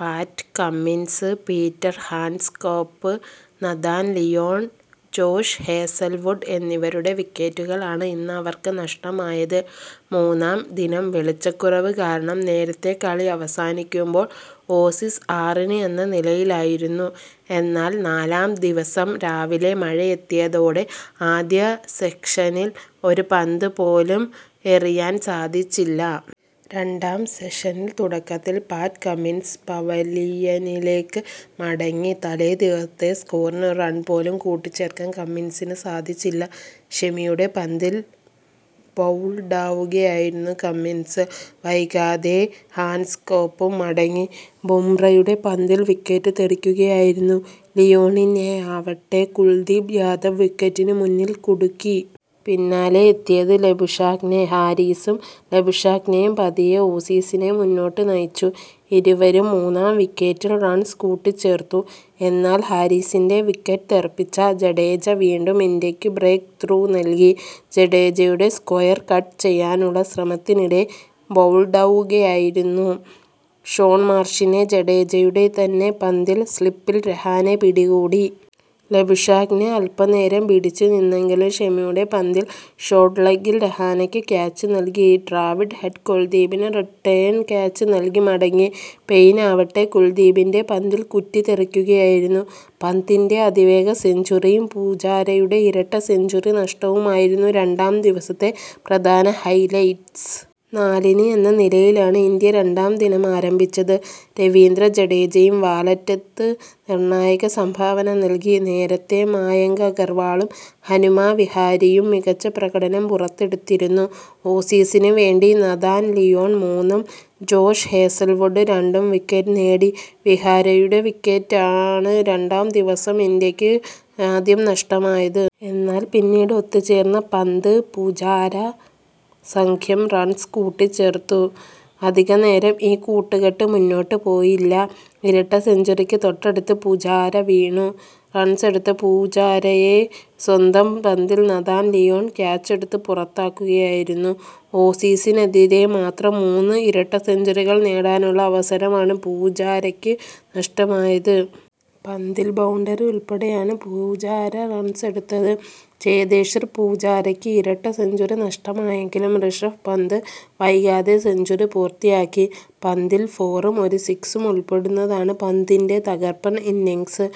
പാറ്റ് Cummins, Peter Handscomb, Nathan Lyon, Josh Hazlewood എന്നിവരുടെ വിക്കറ്റുകളാണ് ഇന്ന് അവർക്ക് നഷ്ടമായത്. മൂന്നാം ദിനം വെളിച്ചക്കുറവ് കാരണം നേരത്തെ കളി അവസാനിക്കുമ്പോൾ ഓസീസ് ആറിന് എന്ന നിലയിലായിരുന്നു. എന്നാൽ നാലാം ദിവസം രാവിലെ മഴയെത്തിയതോടെ ആദ്യ സെഷനിൽ ഒരു പന്ത് പോലും എറിയാൻ സാധിച്ചില്ല. രണ്ടാം സെഷനിൽ തുടക്കത്തിൽ പാറ്റ് കമ്മിൻസ് പവലിയനിലേക്ക് മടങ്ങി. തലേ ദിവസത്തെ സ്കോറിന് ഒരു റൺ പോലും കൂട്ടിച്ചേർക്കാൻ കമ്മിൻസിന് സാധിച്ചില്ല. ഷമിയുടെ പന്തിൽ ബൌൾഡാവുകയായിരുന്നു കമ്മിൻസ്. വൈകാതെ ഹാൻഡ്സ്കോംപും മടങ്ങി. ബുംറയുടെ പന്തിൽ വിക്കറ്റ് തെറിക്കുകയായിരുന്നു. ലിയോണിനെയാവട്ടെ കുൽദീപ് യാദവ് വിക്കറ്റിന് മുന്നിൽ കുടുക്കി. പിന്നാലെ എത്തിയത് ലബുഷാഗ്നെ. ഹാരിസും ലബുഷാഗ്നെയും പതിയെ ഓസീസിനെ മുന്നോട്ട് നയിച്ചു. ഇരുവരും മൂന്നാം വിക്കറ്റിൽ റൺസ് കൂട്ടിച്ചേർത്തു. എന്നാൽ ഹാരിസിന്റെ വിക്കറ്റ് തെറിപ്പിച്ച ജഡേജ വീണ്ടും ഇന്ത്യക്ക് ബ്രേക്ക് ത്രൂ നൽകി. ജഡേജയുടെ സ്ക്വയർ കട്ട് ചെയ്യാനുള്ള ശ്രമത്തിനിടെ ബൌൾഡാവുകയായിരുന്നു. ഷോൺ മാർഷിനെ ജഡേജയുടെ തന്നെ പന്തിൽ സ്ലിപ്പിൽ രഹാനെ പിടികൂടി. ലബുഷാഗ്നെ അൽപനേരം പിടിച്ചു നിന്നെങ്കിലും ഷമിയുടെ പന്തിൽ ഷോർട്ട് ലെഗിൽ രഹാനെയ്ക്ക് ക്യാച്ച് നൽകി. ട്രാവിസ് ഹെഡ് കുൽദീപിന് റിട്ടേൺ ക്യാച്ച് നൽകി മടങ്ങി. പെയ്നാവട്ടെ കുൽദീപിന്റെ പന്തിൽ കുറ്റി തെറിക്കുകയായിരുന്നു. പന്തിന്റെ അതിവേഗ സെഞ്ചുറിയും പൂജാരയുടെ ഇരട്ട സെഞ്ചുറി നഷ്ടവുമായിരുന്നു രണ്ടാം ദിവസത്തെ പ്രധാന ഹൈലൈറ്റസ്. നാലിന് എന്ന നിലയിലാണ് ഇന്ത്യ രണ്ടാം ദിനം ആരംഭിച്ചത്. രവീന്ദ്ര ജഡേജയും വാലറ്റത്ത് നിർണായക സംഭാവന നൽകി. നേരത്തെ മായങ്ക് അഗർവാളും, ഹനുമ വിഹാരി യും മികച്ച പ്രകടനം പുറത്തെടുത്തിരുന്നു. ഓസീസിന് വേണ്ടി നഥാൻ ലിയോൺ മൂന്നും ജോഷ് ഹേസൽവുഡ് രണ്ടും വിക്കറ്റ് നേടി. വിഹാരിയുടെ വിക്കറ്റാണ് രണ്ടാം ദിവസം ഇന്ത്യക്ക് ആദ്യം നഷ്ടമായത്. എന്നാൽ പിന്നീട് ഒത്തുച്ചേർന്ന പന്ത് പൂജാര സഖ്യം റൺസ് കൂട്ടിച്ചേർത്തു. അധികനേരം ഈ കൂട്ടുക്കെട്ട് മുന്നോട്ട് പോയില്ല. ഇരട്ട സെഞ്ചുറിക്ക് തൊട്ടടുത്ത് പൂജാര വീണു. റൺസെടുത്ത പൂജാരയെ സ്വന്തം പന്തിൽ നഥാൻ ലിയോൺ ക്യാച്ചെടുത്ത് പുറത്താക്കുകയായിരുന്നു. ഓസീസിനെതിരെ മാത്രം മൂന്ന് ഇരട്ട സെഞ്ചുറികൾ നേടാനുള്ള അവസരമാണ് പൂജാരയ്ക്ക് നഷ്ടമായത്. പന്തിൽ ബൌണ്ടറി ഉൾപ്പെടെയാണ് പൂജാര റൺസെടുത്തത്. ചേതേശ്വർ പൂജാരയ്ക്ക് ഇരട്ട സെഞ്ചുറി നഷ്ടമായെങ്കിലും ഋഷഭ് പന്ത് വൈകാതെ സെഞ്ചുറി പൂർത്തിയാക്കി. പന്തിൽ ഫോറും ഒരു സ്കിസും ഉൾപ്പെടുന്നതാണ് പന്തിന്റെ തകർപ്പൻ ഇന്നിങ്സ്.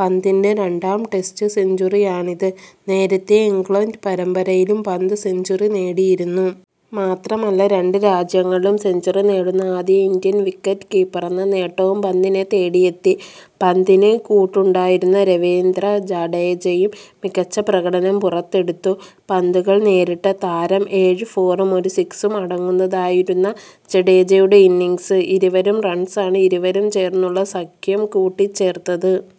പന്തിന്റെ രണ്ടാം ടെസ്റ്റ് സെഞ്ചുറിയാണിത്. നേരത്തെ ഇംഗ്ലണ്ട് പരമ്പരയിലും പന്ത് സെഞ്ചുറി നേടിയിരുന്നു. മാത്രമല്ല, രണ്ട് രാജ്യങ്ങളിലും സെഞ്ചുറി നേടുന്ന ആദ്യ ഇന്ത്യൻ വിക്കറ്റ് കീപ്പറെന്ന നേട്ടവും പന്തിനെ തേടിയെത്തി. പന്തിന് കൂട്ടുണ്ടായിരുന്ന രവീന്ദ്ര ജഡേജയും മികച്ച പ്രകടനം പുറത്തെടുത്തു. പന്തുകൾ നേരിട്ട താരം ഏഴ് ഫോറും ഒരു സിക്സും അടങ്ങുന്നതായിരുന്ന ജഡേജയുടെ ഇന്നിങ്സ്. ഇരുവരും റൺസാണ് ഇരുവരും ചേർന്നുള്ള സഖ്യം കൂട്ടിച്ചേർത്തത്.